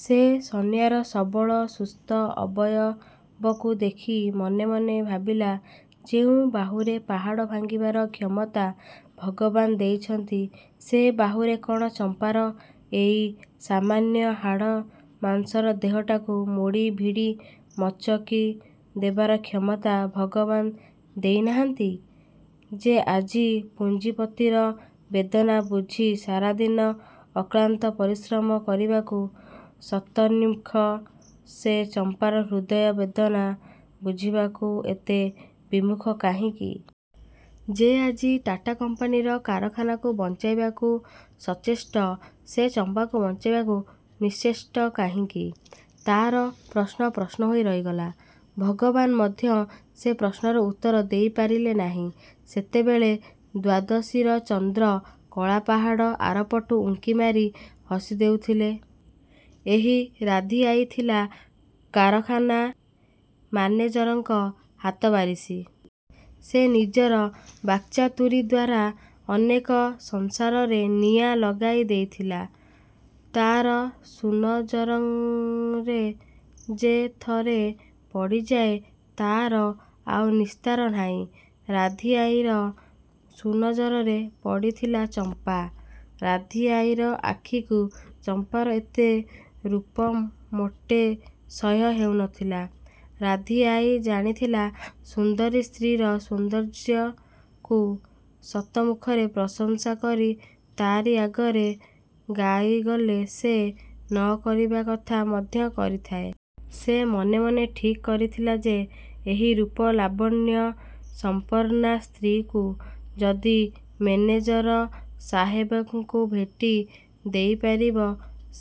ସେ ସନିଆର ସବଳ ସୁସ୍ଥ ଅବୟବକୁ ଦେଖି ମନେମନେ ଭାବିଲା ଯେଉଁ ବାହୁରେ ପାହାଡ଼ ଭାଙ୍ଗିବାର କ୍ଷମତା ଭଗବାନ ଦେଇଛନ୍ତି ସେ ବାହୁରେ କ'ଣ ଚମ୍ପାର ଏଇ ସାମାନ୍ୟ ହାଡ଼ ମାଂସର ଦେହଟାକୁ ମୋଡ଼ି ଭିଡ଼ି ମକଚି ଦେବାର କ୍ଷମତା ଭଗବାନ ଦେଇନାହାନ୍ତି? ଯେ ଆଜି ପୁଞ୍ଜିପତିର ବେଦନା ବୁଝି ସାରାଦିନ ଅକ୍ଳାନ୍ତ ପରିଶ୍ରମ କରିବାକୁ ଶତନ୍ମୁଖ, ସେ ଚମ୍ପାର ହୃଦୟ ବେଦନା ବୁଝିବାକୁ ଏତେ ବିମୁଖ କାହିଁକି? ଯେ ଆଜି ଟାଟା କମ୍ପାନୀର କାରଖାନାକୁ ବଞ୍ଚାଇବାକୁ ସଚେଷ୍ଟ ସେ ଚମ୍ପାକୁ ବଞ୍ଚାଇବାକୁ ନିଶ୍ଚେଷ୍ଟ କାହିଁକି? ତା'ର ପ୍ରଶ୍ନ, ପ୍ରଶ୍ନ ହୋଇ ରହିଗଲା। ଭଗବାନ ମଧ୍ୟ ସେ ପ୍ରଶ୍ନର ଉତ୍ତର ଦେଇ ପାରିଲେ ନାହିଁ। ସେତେବେଳେ ଦ୍ୱାଦଶୀର ଚନ୍ଦ୍ର କଳାପାହାଡ଼ ଆରପଟୁ ଉଙ୍କିମାରି ହସିଦେଉଥିଲେ। ଏହି ରାଧୀଆଈ ଥିଲା କାରଖାନା ମାନେଜରଙ୍କ ହାତବାରିଶି। ସେ ନିଜର ବାକ୍ଚାତୁରୀଦ୍ୱାରା ଅନେକ ସଂସାରରେ ନିଆଁ ଲଗାଇ ଦେଇଥିଲା। ତା'ର ସୁନଜରରେ ଯେ ଥରେ ପଡ଼ିଯାଏ ତାହାର ଆଉ ନିସ୍ତାର ନାହିଁ। ରାଧୀଆଈର ସୁନଜରରେ ପଡ଼ିଥିଲା ଚମ୍ପା। ରାଧୀଆଈର ଆଖିକୁ ଚମ୍ପାର ଏତେ ରୂପ ମୋଟେ ସହ୍ୟ ହେଉନଥିଲା। ରାଧୀଆଈ ଜାଣିଥିଲା, ସୁନ୍ଦରୀ ସ୍ତ୍ରୀର ସୌନ୍ଦର୍ଯ୍ୟକୁ ଶତମୁଖରେ ପ୍ରଶଂସା କରି ତାରି ଆଗେ ଗାଇଗଲେ ସେ ନ କରିବା କଥା ମଧ୍ୟ କରିଥାଏ। ସେ ମନେମନେ ଠିକ୍ କରିଥିଲା ଯେ ଏହି ରୂପ ଲାବଣ୍ୟ ସମ୍ପର୍ଣ୍ଣା ସ୍ତ୍ରୀକୁ ଯଦି ମେନେଜର ସାହେବଙ୍କୁ ଭେଟି ଦେଇପାରିବ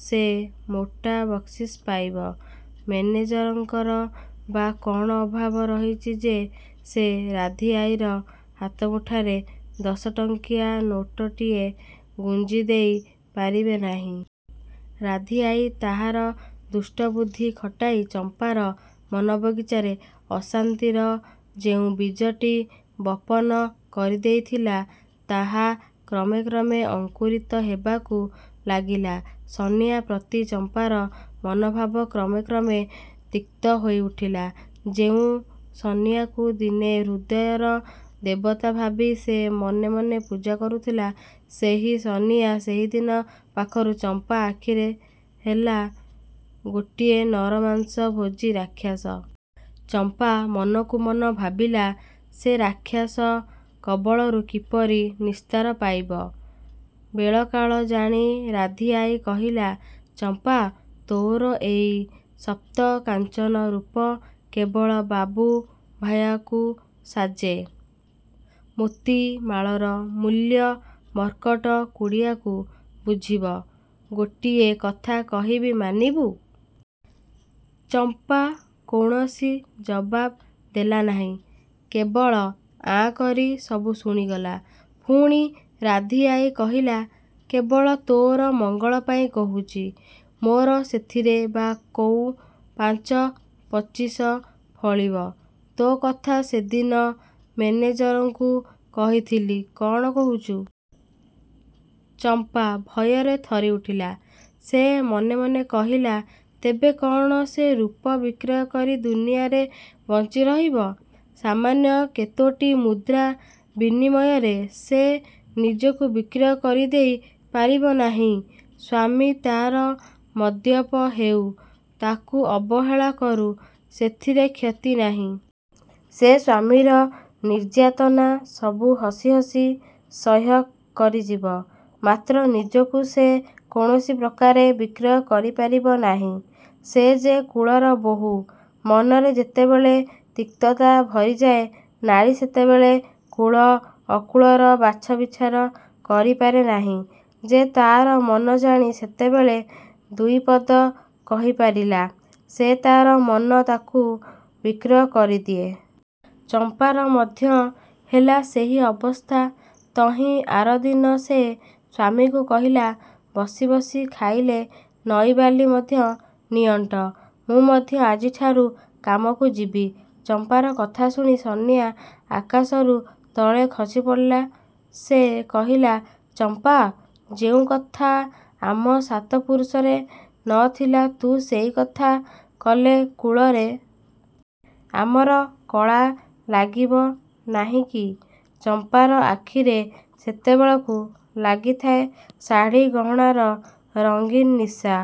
ସେ ମୋଟା ବକ୍ସିସ୍ ପାଇବ। ମେନେଜରଙ୍କର ବା କ'ଣ ଅଭାବ ରହିଛି ଯେ ସେ ରାଧୀଆଈର ହାତମୁଠାରେ ଦଶଟଙ୍କିଆ ନୋଟଟିଏ ଗୁଞ୍ଜିଦେଇ ପାରିବେ ନାହିଁ? ରାଧୀଆଈ ତାହାର ଦୁଷ୍ଟବୁଦ୍ଧି ଖଟାଇ ଚମ୍ପାର ମନବଗିଚାରେ ଅଶାନ୍ତିର ଯେଉଁ ବୀଜଟି ବପନ କରିଦେଇଥିଲା ତାହା କ୍ରମେ କ୍ରମେ ଅଙ୍କୁରିତ ହେବାକୁ ଲାଗିଲା। ସନିଆ ପ୍ରତି ଚମ୍ପାର ମନଭାବ କ୍ରମେ କ୍ରମେ ତିକ୍ତ ହୋଇଉଠିଲା। ଯେଉଁ ସନିଆକୁ ଦିନେ ହୃଦୟର ଦେବତା ଭାବି ସେ ମନେମନେ ପୂଜା କରୁଥିଲା, ସେହି ସନିଆ ସେହିଦିନ ପାଖରୁ ଚମ୍ପା ଆଖିରେ ହେଲା ଗୋଟିଏ ନରମାଂସ ଭୋଜି ରାକ୍ଷସ। ଚମ୍ପା ମନକୁ ମନ ଭାବିଲା ସେ ରାକ୍ଷାସ କବଳରୁ କିପରି ନିସ୍ତାର ପାଇବ? ବେଳକାଳ ଜାଣି ରାଧୀଆଈ କହିଲା, ''ଚମ୍ପା! ତୋର ଏଇ ତପ୍ତକାଞ୍ଚନ ରୂପ କେବଳ ବାବୁ, ଭାୟାକୁ ସାଜେ। ମୋତି ମାଳର ମୂଲ୍ୟ ମର୍କଟ କୁଆଡ଼ୁ ବୁଝିବ? ଗୋଟାଏ କଥା କହିବି ମାନିବୁ? '' ଚମ୍ପା କୌଣସି ଜବାବ୍ ଦେଲା ନାହିଁ। କେବଳ ଆଁ କରି ସବୁ ଶୁଣିଗଲା। ପୁଣି ରାଧୀଆଈ କହିଲା, ''କେବଳ ତୋର ମଙ୍ଗଳ ପାଇଁ କହୁଛି। ମୋର ସେଥିରେ ବା କଉଁ ପାଞ୍ଚ ପଚିଶ ଫଳିବ। ତୋ କଥା ସେଦିନ ମେନେଜରଙ୍କୁ କହିଥିଲି। କ'ଣ କହୁଛୁ? '' ଚମ୍ପା ଭୟରେ ଥରିଉଠିଲା। ସେ ମନେମନେ କହିଲା, ''ତେବେ କ'ଣ ସେ ରୂପ ବିକ୍ରୟକରି ଦୁନିଆରେ ବଞ୍ଚିରହିବ? ସାମାନ୍ୟ କେତୋଟି ମୁଦ୍ରା ବିନିମୟରେ ସେ ନିଜକୁ ବିକ୍ରୟ କରିଦେଇ ପାରିବ ନାହିଁ। ସ୍ୱାମୀ ତା'ର ମଦ୍ୟପ ହେଉ, ତାକୁ ଅବହେଳା କରୁ, ସେଥିରେ କ୍ଷତି ନାହିଁ। ସେ ସ୍ଵାମୀର ନିର୍ଯ୍ୟାତନା ସବୁ ହସି ହସି ସହ୍ୟ କରିଯିବ ମାତ୍ର ନିଜକୁ ସେ କୌଣସି ପ୍ରକାରେ ବିକ୍ରୟ କରିପାରିବ ନାହିଁ। ସେ ଯେ କୁଳର ବୋହୂ। '' ମନରେ ଯେତେବେଳେ ତିକ୍ତତା ଭରିଯାଏ ନାରୀ ସେତେବେଳେ କୁଳ, ଅକୁଳର ବାଛବିଚାର କରିପାରେ ନାହିଁ। ଯେ ତା'ର ମନଜାଣି ସେତେବେଳେ ଦୁଇପଦ କହିପାରିଲା ସେ ତା'ର ମନ ତାକୁ ବିକ୍ରୟ କରିଦିଏ। ଚମ୍ପାର ମଧ୍ୟ ହେଲା ସେହି ଅବସ୍ଥା। ତହିଁ ଆରଦିନ ସେ ସ୍ୱାମୀକୁ କହିଲା, ''ବସି ବସି ଖାଇଲେ ନଈବାଲି ମଧ୍ୟ ନିଅଣ୍ଟ। ମୁଁ ମଧ୍ୟ ଆଜିଠାରୁ କାମକୁ ଯିବି। '' ଚମ୍ପାର କଥା ଶୁଣି ସନିଆ ଆକାଶରୁ ତଳେ ଖସିପଡ଼ିଲା। ସେ କହିଲା, ''ଚମ୍ପା! ଯେଉଁ କଥା ଆମ ସାତ ପୁରୁଷରେ ନ ଥିଲା ତୁ ସେହି କଥା କଲେ କୁଳରେ। ଆମର କଳା ଲାଗିବ ନାହିଁକି-? '' ଚମ୍ପାର ଆଖିରେ ସେତେବେଳକୁ ଲାଗିଥାଏ ଶାଢ଼ି ଗହଣାର ରଙ୍ଗୀନ ନିଶା।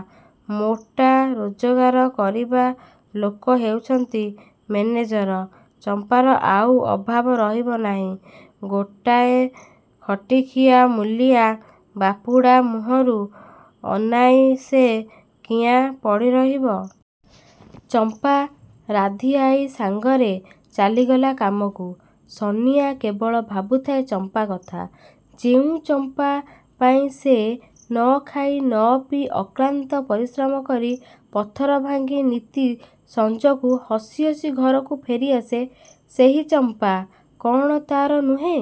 ମୋଟା ରୋଜଗାର କରିବା ଲୋକ ହେଉଛନ୍ତି ମେନେଜର। ଚମ୍ପାର ଆଉ ଅଭାବ ରହିବ କ'ଣ? ଗୋଟାଏ ଖଟିଖିଆ ମୂଲିଆ ବାପୁଡ଼ା ମୁହଁକୁ ଅନାଇ ସେ କିଆଁ ପଡ଼ିରହିବ? ଚମ୍ପା ରାଧୀଆଈ ସାଙ୍ଗରେ ଚାଲିଗଲା କାମକୁ। ସନିଆ କେବଳ ଭାବୁଥାଏ ଚମ୍ପା କଥା-। ଯେଉଁ ଚମ୍ପା ପାଇଁ ସେ ନଖାଇ, ନପିଇ ଅକ୍ଳାନ୍ତ ପରିଶ୍ରମ କରି ପଥର ଭାଙ୍ଗି ନିତି ସଞ୍ଜକୁ ହସି ହସି ଘରକୁ ଫେରିଆସେ, ସେହି ଚମ୍ପା କ'ଣ ତା'ର ନୁହେଁ?